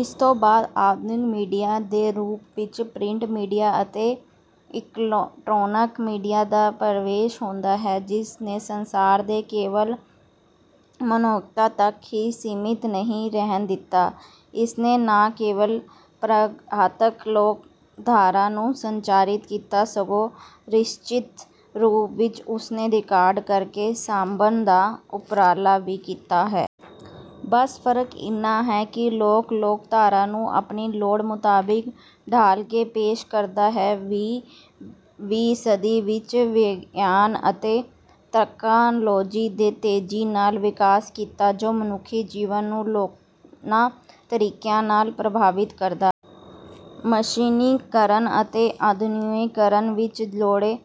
ਇਸਤੋਂ ਬਾਅਦ ਆਧੁਨਿਕ ਮੀਡੀਆ ਦੇ ਰੂਪ ਵਿਚ ਪ੍ਰਿੰਟ ਮੀਡੀਆ ਅਤੇ ਇਲੈਕਟ੍ਰੋਨਕ ਮੀਡੀਆ ਦਾ ਪਰਵੇਸ਼ ਹੁੰਦਾ ਹੈ। ਜਿਸ ਨੇ ਸੰਚਾਰ ਨੂੰ ਕੇਵਲ ਮੌਖਿਕਤਾ ਤੱਕ ਹੀ ਸੀਮਿਤ ਨਹੀਂ ਰਹਿਣ ਦਿੱਤਾ। ਇਸਨੇ ਨਾ ਕੇਵਲ ਪ੍ਰੰਪਰਾਗਤ ਲੋਕਧਾਰਾ ਨੂੰ ਸੰਚਾਰਿਤ ਕੀਤਾ ਸਗੋਂ ਨਿਸ਼ਚਿਤ ਰੂਪ ਵਿੱਚ ਉਸਨੂੰ ਰਿਕਾਰਡ ਕਰਕੇ ਸਾਂਭਣ ਦਾ ਉਪਰਾਲਾ ਵੀ ਕੀਤਾ ਹੈ। ਬਸ ਫ਼ਰਕ ਇਨ੍ਹਾਂ ਹੈ ਕਿ ਇਹ ਲੋਕ ਲੋਕਧਾਰਾ ਨੂੰ ਆਪਣੀ ਲੋੜ ਮੁਤਾਬਿਕ ਢਾਲ ਕੇ ਪੇਸ਼ ਕਰਦਾ ਹੈ। ਵੀਹ ਵੀਂ ਸਦੀ ਵਿਚ ਵਿਗਿਆਨ ਅਤੇ ਤਕਨਾਲੋਜੀ ਦੇ ਤੇਜ਼ੀ ਨਾਲ ਵਿਕਾਸ ਕੀਤਾ ਜੋ ਮਨੁੱਖੀ ਜੀਵਨ ਨੂੰ ਅਨੇਕਾਂ ਤਰੀਕਿਆਂ ਨਾਲ ਪ੍ਰਭਾਵਿਤ ਕਰਦਾ ਹੈ। ਮਸ਼ੀਨੀਕਰਨ ਅਤੇ ਉਦ੍ਯੋਗੀਕਰਨ ਵਿਚ ਲੋੜੋਂ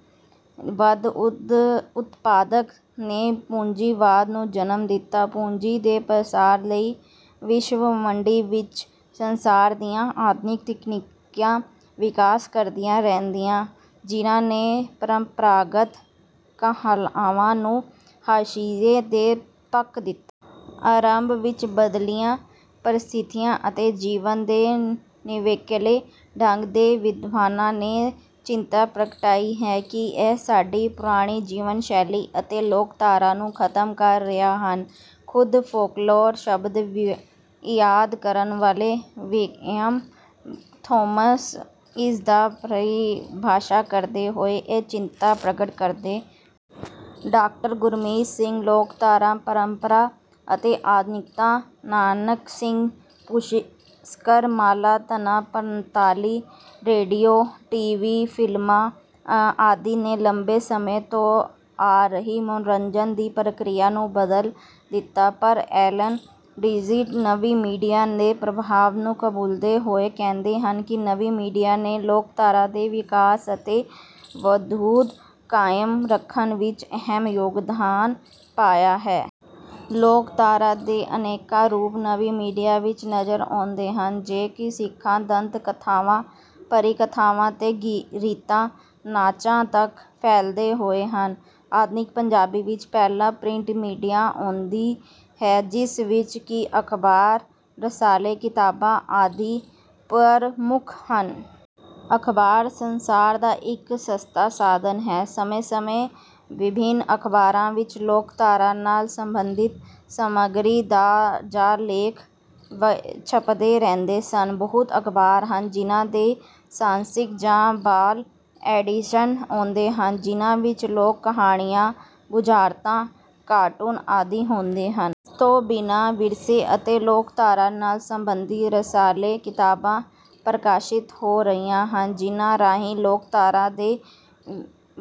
ਵੱਧ ਉਤਪਾਦਨ ਨੇ ਪੂੰਜੀਵਾਦ ਨੂੰ ਜਨਮ ਦਿੱਤਾ। ਪੂੰਜੀ ਦੇ ਪਸਾਰ ਲਈ ਵਿਸ਼ਵ ਮੰਡੀ ਵਿਚ ਸੰਚਾਰ ਦੀਆਂ ਆਧੁਨਿਕ ਤਕਨੀਕਾਂ ਵਿਕਾਸ ਕਰਦੀਆਂ ਰਹੀਆਂ ਜਿਨ੍ਹਾਂ ਨੇ ਪਰੰਪਰਾਗਤ ਕਲਾਵਾਂ ਨੂੰ ਹਾਸ਼ੀਏ ਤੇ ਧੱਕ ਦਿੱਤਾ। ਆਰੰਭ ਵਿੱਚ ਬਦਲਦੀਆਂ ਪ੍ਰਸਥਿਤੀਆਂ ਅਤੇ ਜੀਵਨ ਦੇ ਨਿਵੇਕਲੇ ਢੰਗ ਤੇ ਵਿਦਵਾਨਾਂ ਨੇ ਚਿੰਤਾ ਪ੍ਰਗਟਾਈ ਹੈ ਕਿ ਇਹ ਸਾਡੀ ਪੁਰਾਣੀ ਜੀਵਨ ਸ਼ੈਲੀ ਅਤੇ ਲੋਕਧਾਰਾ ਨੂੰ ਖ਼ਤਮ ਕਰ ਰਹੀਆਂ ਹਨ। ਖੁਦ ਫੋਕਲੋਰ ਸ਼ਬਦ ਇਜਾਦ ਕਰਨ ਵਾਲੇ ਵਿਲੀਅਮ ਥੋਮਸ ਇਸ ਦੀ ਪਰਿਭਾਸ਼ਾ ਕਰਦੇ ਹੋਏ ਇਹ ਚਿੰਤਾ ਪ੍ਰਗਟ ਕਰਦੇ ਹਨ। ਡਾਕਟਰ ਗੁਰਮੀਤ ਸਿੰਘ, ਲੋਕਧਾਰਾ ਪਰੰਪਰਾ ਤੇ ਆਧੁਨਿਕਤਾ, ਨਾਨਾਕ ਸਿੰਘ ਪੁਸਤਕ ਮਾਲਾ ਪੰਨਾ-ਪੰਤਾਲੀ, ਰੇਡੀਓ, ਟੀ. ਵੀ., ਫਿ਼ਲਮਾਂ ਆਦਿ ਨੇ ਲੰਬੇ ਸਮੇਂ ਤੋਂ ਆ ਰਹੀ ਮਨੋਰੰਜਨ ਦੀ ਪ੍ਰਕਿਰਿਆ ਨੂੰ ਬਦਲ ਦਿੱਤਾ। ਪਰ ਐਲਨ ਡੰਡੀਜ਼ ਨਵੀਂ ਮੀਡੀਆ ਦੇ ਪ੍ਰਭਾਵ ਨੂੰ ਕਬੂਲਦੇ ਹੋਏ ਕਹਿੰਦੇ ਹਨ ਕਿ ਨਵੀਂ ਮੀਡੀਆ ਨੇ ਲੋਕਧਾਰਾ ਦੇ ਵਿਕਾਸ ਅਤੇ ਵਜੂਦ ਕਾਇਮ ਰੱਖਣ ਵਿੱਚ ਅਹਿਮ ਯੋਗਦਾਨ ਪਾਇਆ ਹੈ। ਲੋਕਧਾਰਾ ਦੇ ਅਨੇਕਾਂ ਰੂਪ ਨਵੀਂ ਮੀਡੀਆ ਵਿੱਚ ਨਜ਼ਰ ਆਉਂਦੇ ਹਨ, ਜੋ ਕਿ ਸਿੱਖਾਂ, ਦੰਤ ਕਥਾਵਾਂ, ਪਰੀ ਕਥਾਵਾਂ ਤੋਂ ਰੀਤਾਂ, ਨਾਚਾਂ ਤੱਕ ਫੈਲੇ ਹੋਏ ਹਨ। ਆਧੁਨਿਕ ਪੰਜਾਬੀ ਵਿੱਚ ਪਹਿਲਾਂ ਪ੍ਰਿੰਟ ਮੀਡੀਆ ਆਉਂਦੀ ਹੈ ਜਿਸ ਵਿੱਚ ਕਿ ਅਖ਼ਬਾਰ, ਰਸਾਲੇ, ਕਿਤਾਬਾਂ ਆਦਿੇ ਪਰਮੁੱਖ ਹਨ। ਅਖ਼ਬਾਰ ਸੰਚਾਰ ਦਾ ਇੱਕ ਸਸਤਾ ਸਾਧਨ ਹੈ ਸਮੇਂ ਸਮੇਂ ਵਿਭਿੰਨ ਅਖਬਾਰਾਂ ਵਿੱਚ ਲੋਕਧਾਰਾ ਨਾਲ ਸਬੰਧਿਤ ਸਮੱਗਰੀ ਦਾ ਜਾ ਲੇਖ ਛਪਦੇ ਰਹਿੰਦੇ ਹਨ। ਬਹੁਤ ਅਖ਼ਬਾਰ ਹਨ ਜਿਨ੍ਹਾਂ ਦੇ ਸਾਹਿਤਕ ਜਾਂ ਬਾਲ ਐਡੀਸ਼ਨ ਆਉਂਦੇ ਹਨ, ਜਿਨ੍ਹਾਂ ਵਿੱਚ ਲੋਕ ਕਹਾਣੀਆਂ, ਬੁਝਾਰਤਾਂ, ਕਾਰਟੂਨ ਆਦਿ ਹੁੰਦੇ ਹਨ। ਇਸ ਤੋਂ ਬਿਨ੍ਹਾਂ ਵਿਰਸੇ ਅਤੇ ਲੋਕਧਾਰਾ ਨਾਲ ਸਬੰਧਿਤ ਰਸਾਲੇ, ਕਿਤਾਬਾਂ ਪ੍ਰਕਾਸ਼ਿਤ ਹੋ ਰਹੀਆਂ ਹਨ ਜਿਨ੍ਹਾਂ ਰਾਹੀਂ ਲੋਕਧਾਰਾ ਦੇ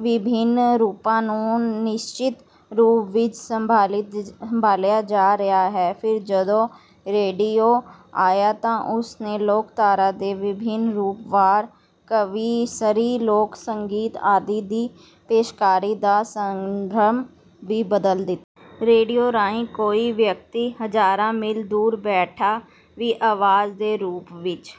ਵਿਭਿੰਨ ਰੂਪਾਂ ਨੂੰ ਨਿਸ਼ਚਿਤ ਰੂਪ ਵਿੱਚ ਸਾਂਭਿਆ ਜਾ ਰਿਹਾ ਹੈ। ਫਿਰ ਜਦੋਂ ਰੇਡੀਓ ਆਇਆ ਤਾਂ ਉਸ ਨੇ ਲੋਕਧਾਰਾ ਦੇ ਵਿਭਿੰਨ ਰੂਪ ਵਾਰ, ਕਵੀਸ਼ਰੀ, ਲੋਕ ਸੰਗੀਤ ਆਦਿ ਦੀ ਪੇਸ਼ਕਾਰੀ ਦਾ ਸੰਦਰਭ ਹੀ ਬਦਲ ਦਿੱਤਾ। ਰੇਡੀਓ ਰਾਹੀਂ ਕੋਈ ਵਿਅਕਤੀ ਹਜ਼ਾਰਾਂ ਮੀਲ ਦੂਰ ਬੈਠਾ ਵੀ ਆਵਾਜ਼ ਦੇ ਰੂਪ ਵਿੱਚ